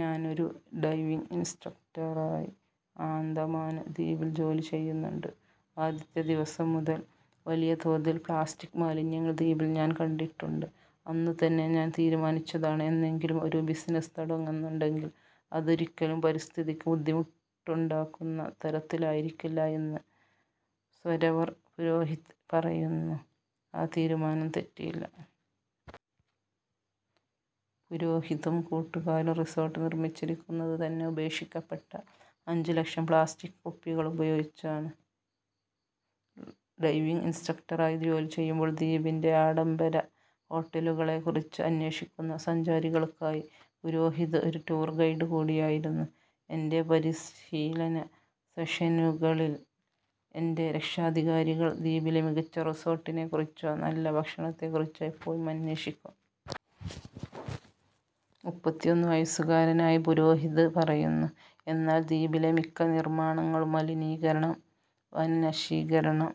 ഞാനൊരു ഡ്രൈവിംഗ് ഇന്‍സ്ട്രക്ടറായി ആന്‍ഡമാന് ദ്വീപില്‍ ജോലി ചെയ്യുന്നുണ്ട്. ആദ്യത്തെ ദിവസം മുതല്‍ വലിയ തോതില്‍ പ്ലാസ്റ്റിക് മാലിന്യങ്ങള്‍ ദ്വീപില്‍ ഞാന്‍ കണ്ടിട്ടുണ്ട്. അന്നുതന്നെ ഞാന്‍ തീരുമാനിച്ചതാണ് എന്നെങ്കിലും ഒരു ബിസിനസ് തുടങ്ങുന്നുണ്ടെങ്കില്‍ അതൊരിക്കലും പരിസ്ഥിതിക്ക് ബുദ്ധിമുട്ടുണ്ടാക്കുന്ന തരത്തിലായിരിക്കില്ല എന്ന് -സൊരവർ പുരോഹിത് പറയുന്നു. ആ തീരുമാനം തെറ്റിയില്ല. പുരോഹിതും കൂട്ടുകാരും റിസോർട്ട് നിർമ്മിച്ചിരിക്കുന്നത് തന്നെ ഉപേക്ഷിക്കപ്പെട്ട അഞ്ച് ലക്ഷം പ്ലാസ്റ്റിക് കുപ്പികളുപയോഗിച്ചാണ്. ഡ്രൈവിംഗ് ഇൻസ്ട്രക്ടറായി ജോലിചെയ്യുമ്പോൾ, ദ്വീപിന്‍റെ ആഡംബര ഹോട്ടലുകളെക്കുറിച്ച് അന്വേഷിക്കുന്ന സഞ്ചാരികൾക്കായി പുരോഹിത് ഒരു ടൂർ ഗൈഡ് കൂടിയായിരുന്നു. " എന്‍റെ പരിശീലന സെഷനുകളിൽ, എന്‍റെ രക്ഷാധികാരികൾ ദ്വീപിലെ മികച്ച റിസോർട്ടിനെക്കുറിച്ചോ നല്ല ഭക്ഷണത്തെക്കുറിച്ചോ എപ്പോഴും അന്വേഷിക്കും. മൂപ്പത്തിഒന്നു വയസുകാരനായ പുരോഹിത് പറയുന്നു, " എന്നാൽ ദ്വീപിലെ മിക്ക നിർമ്മാണങ്ങളും മലിനീകരണം, വനനശീകരണം,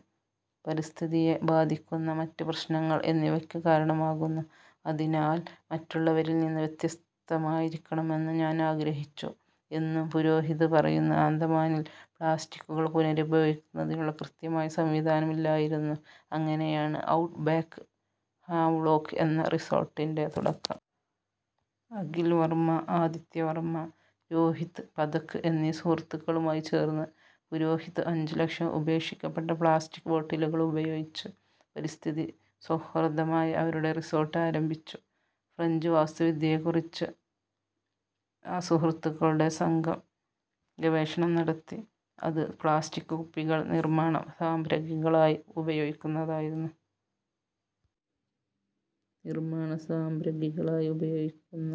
പരിസ്ഥിതിയെ ബാധിക്കുന്ന മറ്റ് പ്രശ്നങ്ങൾ എന്നിവയ്ക്ക് കാരണമാകുന്നു. അതിനാൽ, മറ്റുള്ളവരിൽ നിന്ന് വ്യത്യസ്തമായിരിക്കണമെന്ന് ഞാൻ ആഗ്രഹിച്ചു. " എന്നും പുരോഹിത് പറയുന്നു. ആന്‍ഡമാനില്‍ പ്ലാസ്റ്റിക്കുകൾ പുനരുപയോഗിക്കുന്നതിനുള്ള കൃത്യമായ സംവിധാനമില്ലായിരുന്നു. അങ്ങനെയാണ് ഔട്ട്ബാക്ക് ഹാവ്ലോക്ക് എന്ന റിസോര്‍ട്ടിന്‍റെ തുടക്കം. അഖിൽ വര്‍മ, ആദിത്യ വര്‍മ, രോഹിത് പഥക് എന്നീ സുഹൃത്തുക്കളുമായി ചേര്‍ന്ന് പുരോഹിത് അഞ്ച് ലക്ഷം ഉപേക്ഷിക്കപ്പെട്ട പ്ലാസ്റ്റിക് ബോട്ടിലുകളുപയോഗിച്ച് പരിസ്ഥിതി സൌഹാർദ്ദമായ അവരുടെ റിസോര്‍ട്ട് ആരംഭിച്ചു. ഫ്രഞ്ച് വാസ്തുവിദ്യയെക്കുറിച്ച് ആ സുഹൃത്തുക്കളുടെ സംഘം ഗവേഷണം നടത്തി, അത് പ്ലാസ്റ്റിക് കുപ്പികൾ നിർമ്മാണ സാമഗ്രികളായി ഉപയോഗിക്കുന്നതായിരുന്നു. നിർമ്മാണ സാമഗ്രികളായി ഉപയോഗിക്കുന്ന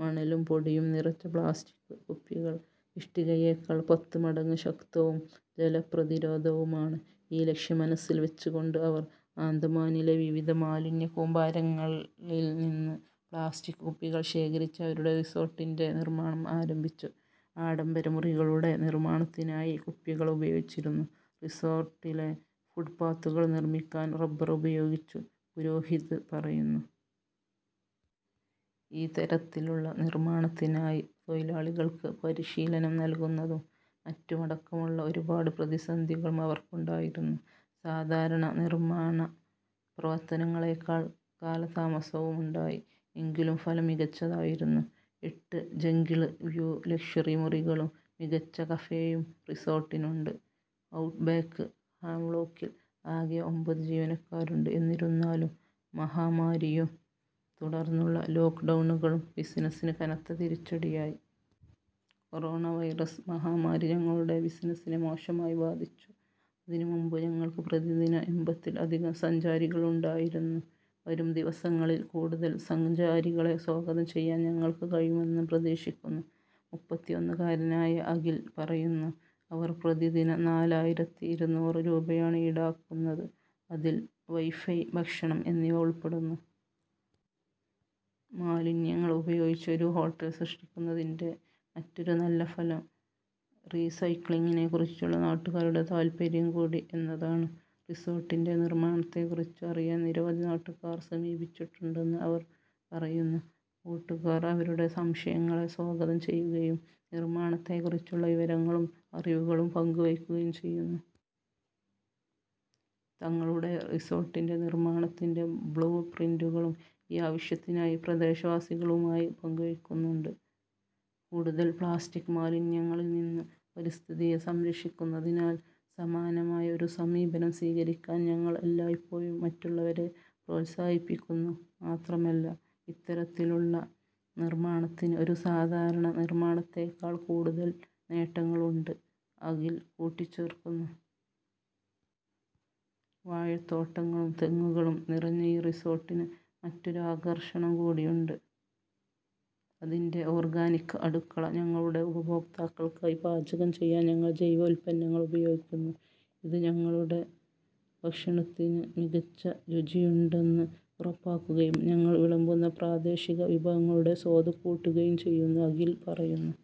മണലും പൊടിയും നിറച്ച പ്ലാസ്റ്റിക് കുപ്പികൾ ഇഷ്ടികയേക്കാൾ പത്ത് മടങ്ങ് ശക്തവും ജലപ്രതിരോധവുമാണ്. ഈ ലക്ഷ്യം മനസ്സിൽ വെച്ചുകൊണ്ട് അവർ ആൻഡമാനിലെ വിവിധ മാലിന്യക്കൂമ്പാരങ്ങളിൽ നിന്ന് പ്ലാസ്റ്റിക് കുപ്പികൾ ശേഖരിച്ച് അവരുടെ റിസോർട്ടിന്റെ നിർമ്മാണം ആരംഭിച്ചു. ആഡംബര മുറികളുടെ നിർമ്മാണത്തിനായി കുപ്പികൾ ഉപയോഗിച്ചിരുന്നു, റിസോർട്ടിലെ ഫുട്പാത്തുകൾ നിർമ്മിക്കാൻ റബ്ബർ ഉപയോഗിച്ചു -പുരോഹിത് പറയുന്നു. ഈ തരത്തിലുള്ള നിര്‍മ്മാണത്തിനായി തൊഴിലാളികള്‍ക്ക് പരിശീലനം നല്കുന്നതും മറ്റുമടക്കമുള്ള ഒരുപാട് പ്രതിസന്ധികളും അവർക്കുണ്ടായിരുന്നു. സാധാരണ നിര്‍മാണ പ്രവര്‍ത്തനങ്ങളേക്കാള്‍ കാലതാമസവുമുണ്ടായി. എങ്കിലും ഫലം മികച്ചതായിരുന്നു. എട്ട് ജംഗിള് വ്യൂ ലക്ഷ്വറി മുറികളും മികച്ച കഫേയും റിസോര്‍ട്ടിനുണ്ട്. ഔട്ട്ബാക്ക് ഹാവ്ലോക്കിൽ ആകെ ഒമ്പത് ജീവനക്കാരുണ്ട്. എന്നിരുന്നാലും, മഹാമാരിയും തുടർന്നുള്ള ലോക്ക്ഡൌണുകളും ബിസിനസിന് കനത്ത തിരിച്ചടിയായി. '' കൊറോണ വൈറസ് മഹാമാരി ഞങ്ങളുടെ ബിസിനസിനെ മോശമായി ബാധിച്ചു. അതിന് മുമ്പ് ഞങ്ങൾക്ക് പ്രതിദിനം എമ്പത്തിൽ അധികം സഞ്ചാരികളുണ്ടായിരുന്നു. വരും ദിവസങ്ങളിൽ കൂടുതൽ സഞ്ചാരികളെ സ്വാഗതം ചെയ്യാൻ ഞങ്ങൾക്ക് കഴിയുമെന്ന് പ്രതീക്ഷിക്കുന്നു " മൂപ്പത്തിഒന്നു കാരനായ അഖിൽ പറയുന്നു. അവർ പ്രതിദിനം നാലായിരത്തിഇരുനൂറ് രൂപയാണ് ഈടാക്കുന്നത്, അതിൽ വൈഫൈ, ഭക്ഷണം എന്നിവ ഉൾപ്പെടുന്നു. മാലിന്യങ്ങൾ ഉപയോഗിച്ച് ഒരു ഹോട്ടൽ സൃഷ്ടിക്കുന്നതിന്‍റെ മറ്റൊരു നല്ല ഫലം റീസൈക്ലിംഗിനെക്കുറിച്ചുള്ള നാട്ടുകാരുടെ താൽപ്പര്യം കൂടി എന്നതാണ്. റിസോർട്ടിന്റെ നിർമ്മാണത്തെക്കുറിച്ച് അറിയാൻ നിരവധി നാട്ടുകാർ സമീപിച്ചിട്ടുണ്ടെന്ന് അവര്‍ പറയുന്നു. കൂട്ടുകാര്‍ അവരുടെ സംശയങ്ങളെ സ്വാഗതം ചെയ്യുകയും നിര്‍മാണത്തെ കുറിച്ചുള്ള വിവരങ്ങളും അറിവുകളും പങ്ക് വയ്ക്കുകയും ചെയ്യുന്നു. തങ്ങളുടെ റിസോർട്ടിന്റെ നിർമ്മാണത്തിന്റെ ബ്ലൂപ്രിന്റുകളും ഈ ആവശ്യത്തിനായി പ്രദേശവാസികളുമായി പങ്കുവയ്ക്കുന്നുണ്ട്. " കൂടുതൽ പ്ലാസ്റ്റിക് മാലിന്യങ്ങളിൽ നിന്ന് പരിസ്ഥിതിയെ സംരക്ഷിക്കുന്നതിനാൽ സമാനമായ ഒരു സമീപനം സ്വീകരിക്കാൻ ഞങ്ങൾ എല്ലായ്പ്പോഴും മറ്റുള്ളവരെ പ്രോത്സാഹിപ്പിക്കുന്നു. മാത്രമല്ല, ഇത്തരത്തിലുള്ള നിർമ്മാണത്തിന് ഒരു സാധാരണ നിർമ്മാണത്തേക്കാൾ കൂടുതൽ നേട്ടങ്ങളുണ്ട് " അഖിൽ കൂട്ടിച്ചേർക്കുന്നു. വാഴത്തോട്ടങ്ങളും തെങ്ങുകളും നിറഞ്ഞ ഈ റിസോർട്ടിന് മറ്റൊരു ആകര്‍ഷണം കൂടിയുണ്ട് അതിന്‍റെ ഓർഗാനിക് അടുക്കള. " ഞങ്ങളുടെ ഉപഭോക്താക്കൾക്കായി പാചകം ചെയ്യാൻ ഞങ്ങൾ ജൈവ ഉൽപ്പന്നങ്ങൾ ഉപയോഗിക്കുന്നു. ഇത് ഞങ്ങളുടെ ഭക്ഷണത്തിന് മികച്ച രുചിയുണ്ടെന്ന് ഉറപ്പാക്കുകയും ഞങ്ങൾ വിളമ്പുന്ന പ്രാദേശിക വിഭവങ്ങളുടെ സ്വാദ് കൂട്ടുകയും ചെയ്യുന്നു " അഖിൽ പറയുന്നു.